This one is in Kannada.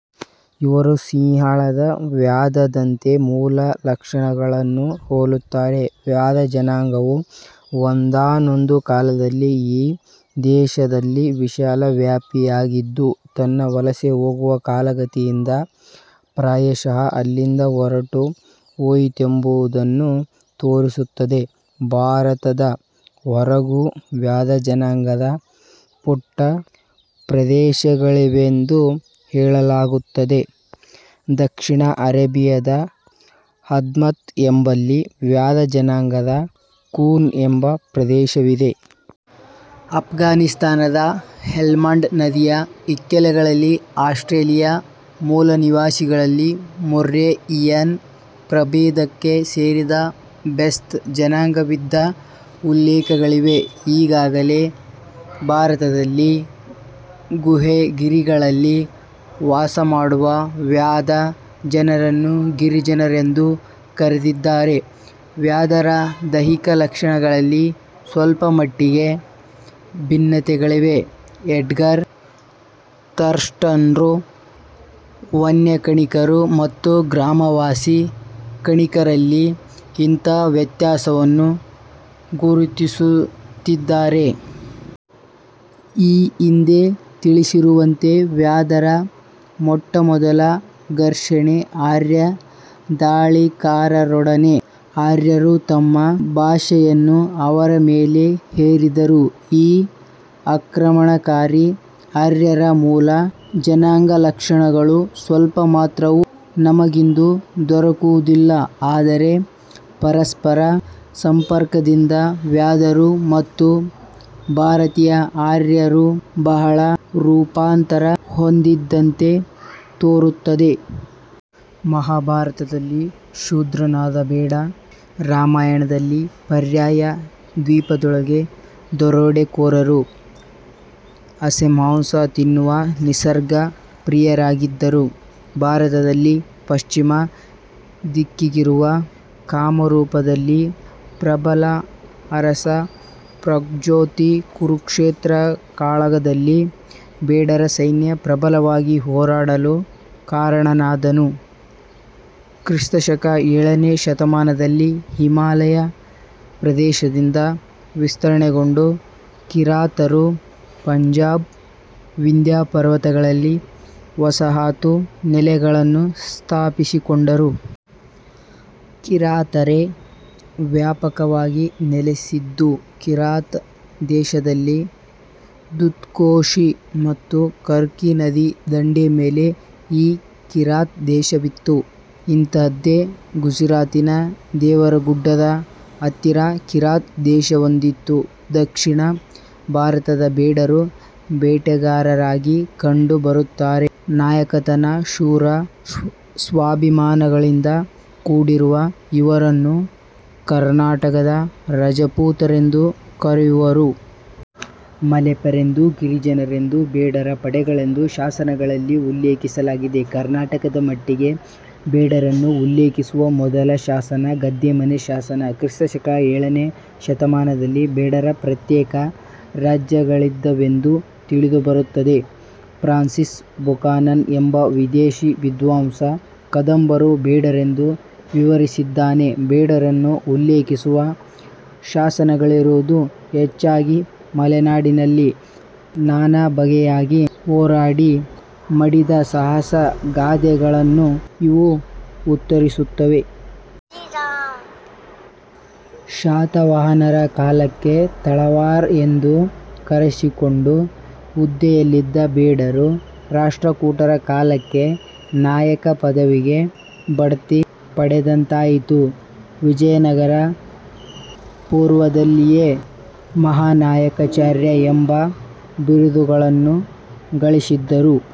ಇವರು ಸಿಂಹಳದ ವ್ಯಾಧದಂತೆ ಮೂಲ ಲಕ್ಷಣಗಳನ್ನು ಹೋಲುತ್ತಾರೆ. ವ್ಯಾಧ ಜನಾಂಗವು ಒಂದಾನೊಂದು ಕಾಲದಲ್ಲಿ ಈ ದೇಶದಲ್ಲಿ ವಿಶಾಲ ವ್ಯಾಪಿಯಾಗಿದ್ದು ತನ್ನ ವಲಸೆ ಹೋಗುವ ಕಾಲಗತಿಯಿಂದ ಪ್ರಾಯಶಃ ಅಲ್ಲಿಂದ ಹೊರಟು ಹೋಯಿತೆಂಬುದನ್ನು ತೋರಿಸುತ್ತದೆ. ಭಾರತದ ಹೊರಗೂ ವ್ಯಾದ ಜನಾಂಗದ ಪುಟ್ಟ ಪ್ರದೇಶಗಳಿವೆಂದು ಹೇಳಲಾಗುತ್ತದೆ. ದಕ್ಷಿಣ ಅರೇಬಿಯಾದ ಹಧ್ಮತ್ ಎಂಬಲ್ಲಿ ವಾದ್ಯ ಜನಾಂಗದ 'ಕೂನ್' ಎಂಬ ಪ್ರದೇಶವಿದೆ. ಆಫ್ಘಾನಿಸ್ತಾನದ ಹೆಲ್ಮಾಂಡ್ ನದಿಯ ಇಕ್ಕೆಲಗಳಲ್ಲಿ, ಆಸ್ಟ್ರೇಲಿಯಾ ಮೂಲನಿವಾಸಿಗಳಲ್ಲಿ ಮುರ್ರೇಯಿಯನ್ ಪ್ರಭೇದಕ್ಕೆ ಸೇರಿದ ಬೆಸ್ತ ಜನಾಂಗವಿದ್ದ ಉಲ್ಲೇಖಗಳಿವೆ ಈಗಾಗಲೇ ಭಾರತದಲ್ಲಿ 'ಗುಹೆ, ಗಿರಿಗಳಲ್ಲಿ ವಾಸ ಮಾಡುವ ವ್ಯಾಧ ಜನರನ್ನು ಗಿರಿಜನರೆಂದು ಕರೆದಿದ್ದಾರೆ. ವ್ಯಾಧರ ದೈಹಿಕ ಲಕ್ಷಣಗಳಲ್ಲಿ ಸ್ವಲ್ಪಮಟ್ಟಿಗೆ ಭಿನ್ನತೆಗಳಿವೆ. ಎಡ್ಗರ್ ಥರ್ಸ್ಟನ್ರು ವನ್ಯಕಣಿಕರು ಮತ್ತು ಗ್ರಾಮ ವಾಸೀ ಕಣಿಕರಲ್ಲಿ ಇಂಥಾ ವ್ಯತ್ಯಾಸವನ್ನು ಗುರುತಿಸುತ್ತಿದ್ದಾರೆ. ಈ ಹಿಂದೆ ತಿಳಿಸಿರುವಂತೆ ವ್ಯಾಧರ ಮೊಟ್ಟಮೊದಲ ಘರ್ಷಣೆ ಆರ್ಯ ಧಾಳಿಕಾರರೊಡನೆ. ಆರ್ಯರು ತಮ್ಮ ಭಾಷೆಯನ್ನು ಅವರ ಮೇಲೆ ಹೇರಿದರು. ಈ ಆಕ್ರಮಣಕಾರೀ ಆರ್ಯರ ಮೂಲ ಜನಾಂಗ ಲಕ್ಷಣಗಳು ಸ್ವಲ್ಪ ಮಾತ್ರವೂ ನಮಗಿಂದು ದೊರಕುವುದಿಲ್ಲ. ಆದರೆ ಪರಸ್ಪರ ಸಂಪರ್ಕದಿಂದ ವ್ಯಾಧರು ಮತ್ತು ಭಾರತೀಯ ಆರ್ಯರು ಬಹಳ ರೂಪಾಂತರ ಹೊಂದಿದಂತೆ ತೋರುತ್ತದೆ. ಮಹಾಭಾರತದಲ್ಲಿ ಶೂದ್ರನಾದ ಬೇಡ, ರಾಮಾಯಣದಲ್ಲಿ, ಪರ್ಯಾಯ ದ್ವೀಪದೊಳಗೆ ದರೋಡೆಕೋರರು, ಹಸೆಮಾಂಸ ತಿನ್ನುವ ನಿಸರ್ಗ ಪ್ರಿಯರಾಗಿದ್ದರು. ಭಾರತದಲ್ಲಿ ಪಶ್ಚಿಮ ದಿಕ್ಕಿಗಿರುವ ಕಾಮರೂಪದಲ್ಲಿ ಪ್ರಬಲ ಅರಸ 'ಪ್ರಗ್ಜೊತಿ' ಕುರುಕ್ಷೇತ್ರ ಕಾಳಗದಲ್ಲಿ ಬೇಡರ ಸೈನ್ಯ ಪ್ರಬಲವಾಗಿ ಹೋರಾಡಲು ಕಾರಣನಾದನು. ಕ್ರಿಸ್ತ ಶಕ ಎಳನೆ ಶತಮಾನದಲ್ಲಿ ಹಿಮಾಲಯ ಪ್ರದೇಶದಿಂದ ವಿಸ್ತರಣೆಗೊಂಡು ಕಿರಾತರು, ಪಂಜಾಬ್, ವಿಂದ್ಯಾಪರ್ವತಗಳಲ್ಲಿ ವಸಾಹತು ನೆಲೆಗಳನ್ನು ಸ್ಥಾಪಿಸಿಕೊಂಡರು. ಕಿರಾತರೇ ವ್ಯಾಪಕವಾಗಿ ನೆಲೆಸಿದ್ದು ಕಿರಾತ ದೇಶದಲ್ಲಿ ದುದ್ಕೋಶಿ ಮತ್ತು ಕರ್ಕಿನದಿ ದಂಡೆ ಮೇಲೆ ಈ ಕಿರಾತ ದೇಶವಿತ್ತು. ಇಂಥದ್ದೇ ಗುಜರಾತಿನ ದೇವರಗುಡ್ಡದ ಹತ್ತಿರ ಕಿರಾತ ದೇಶವೊಂದಿತ್ತು. ದಕ್ಷಿಣ ಭಾರತದ ಬೇಡರು ಬೇಟೆಗಾರರಾಗಿ ಕಂಡು ಬರುತ್ತಾರೆ. ನಾಯಕತನ ಶೂರ, ಸ್ವಾಭಿಮಾನಗಳಿಂದ ಕೂಡಿರುವ ಇವರನ್ನು ಕರ್ನಾಟಕದ ರಜಪೂತರೆಂದು ಕರೆಯುವರು. ಮಲೆಪರೆಂದು, ಗಿರಿಜನರೆಂದು, ಬೇಡರ ಪಡೆಗಳೆಂದು ಶಾಸನಗಳಲ್ಲಿ ಉಲ್ಲೇಖಿಸಲಾಗಿದೆ. ಕರ್ನಾಟಕದ ಮಟ್ಟಿಗೆ ಬೇಡರನ್ನು ಉಲ್ಲೇಖಿಸುವ ಮೊದಲ ಶಾಸನ ಗದ್ದೆಮನೆ ಶಾಸನ. ಕ್ರಿಸ್ತ ಶಕ ಎಳನೆ ಶತಮಾನದಲ್ಲಿ ಬೇಡರ ಪ್ರತ್ಯೇಕ ರಾಜ್ಯಗಳಿದ್ದವೆಂದು ತಿಳಿದುಬರುತ್ತದೆ. ಫ್ರಾನ್ಸಿಸ್ ಬುಕಾನನ್ ಎಂಬ ವಿದೇಶಿ ವಿದ್ವಾಂಸ ಕದಂಬರು ಬೇಡರೆಂದು ವಿವರಿಸಿದ್ದಾನೆ. ಬೇಡರನ್ನು ಉಲ್ಲೇಖಿಸುವ ಶಾಸನಗಳಿರುವುದು ಹೆಚ್ಚಾಗಿ ಮಲೆನಾಡಿನಲ್ಲಿ, ನಾನಾ ಬಗೆಯಾಗಿ ಹೋರಾಡಿ, ಮಡಿದ ಸಾಹಸಗಾಥೆಗಳನ್ನು ಇವು ಉತ್ತರಿಸುತ್ತವೆ. ಶಾತವಾಹನರ ಕಾಲಕ್ಕೆ ತಳವಾರ ಎಂದು ಕರೆಸಿಕೊಂಡು ಹುದ್ದೆಯಲ್ಲಿದ್ದ ಬೇಡರು, ರಾಷ್ಟ್ರಕೂಟರ ಕಾಲಕ್ಕೆ 'ನಾಯಕ' ಪದವಿಗೆ ಬಡ್ತಿ ಪಡೆದಂತಾಯಿತು. ವಿಜಯನಗರ ಪೂರ್ವದಲ್ಲಿಯೇ ಮಹಾನಾಯಕಚಾರ್ಯ ಎಂಬ ಬಿರುದುಗಳನ್ನು ಗಳಿಸಿದ್ದರು.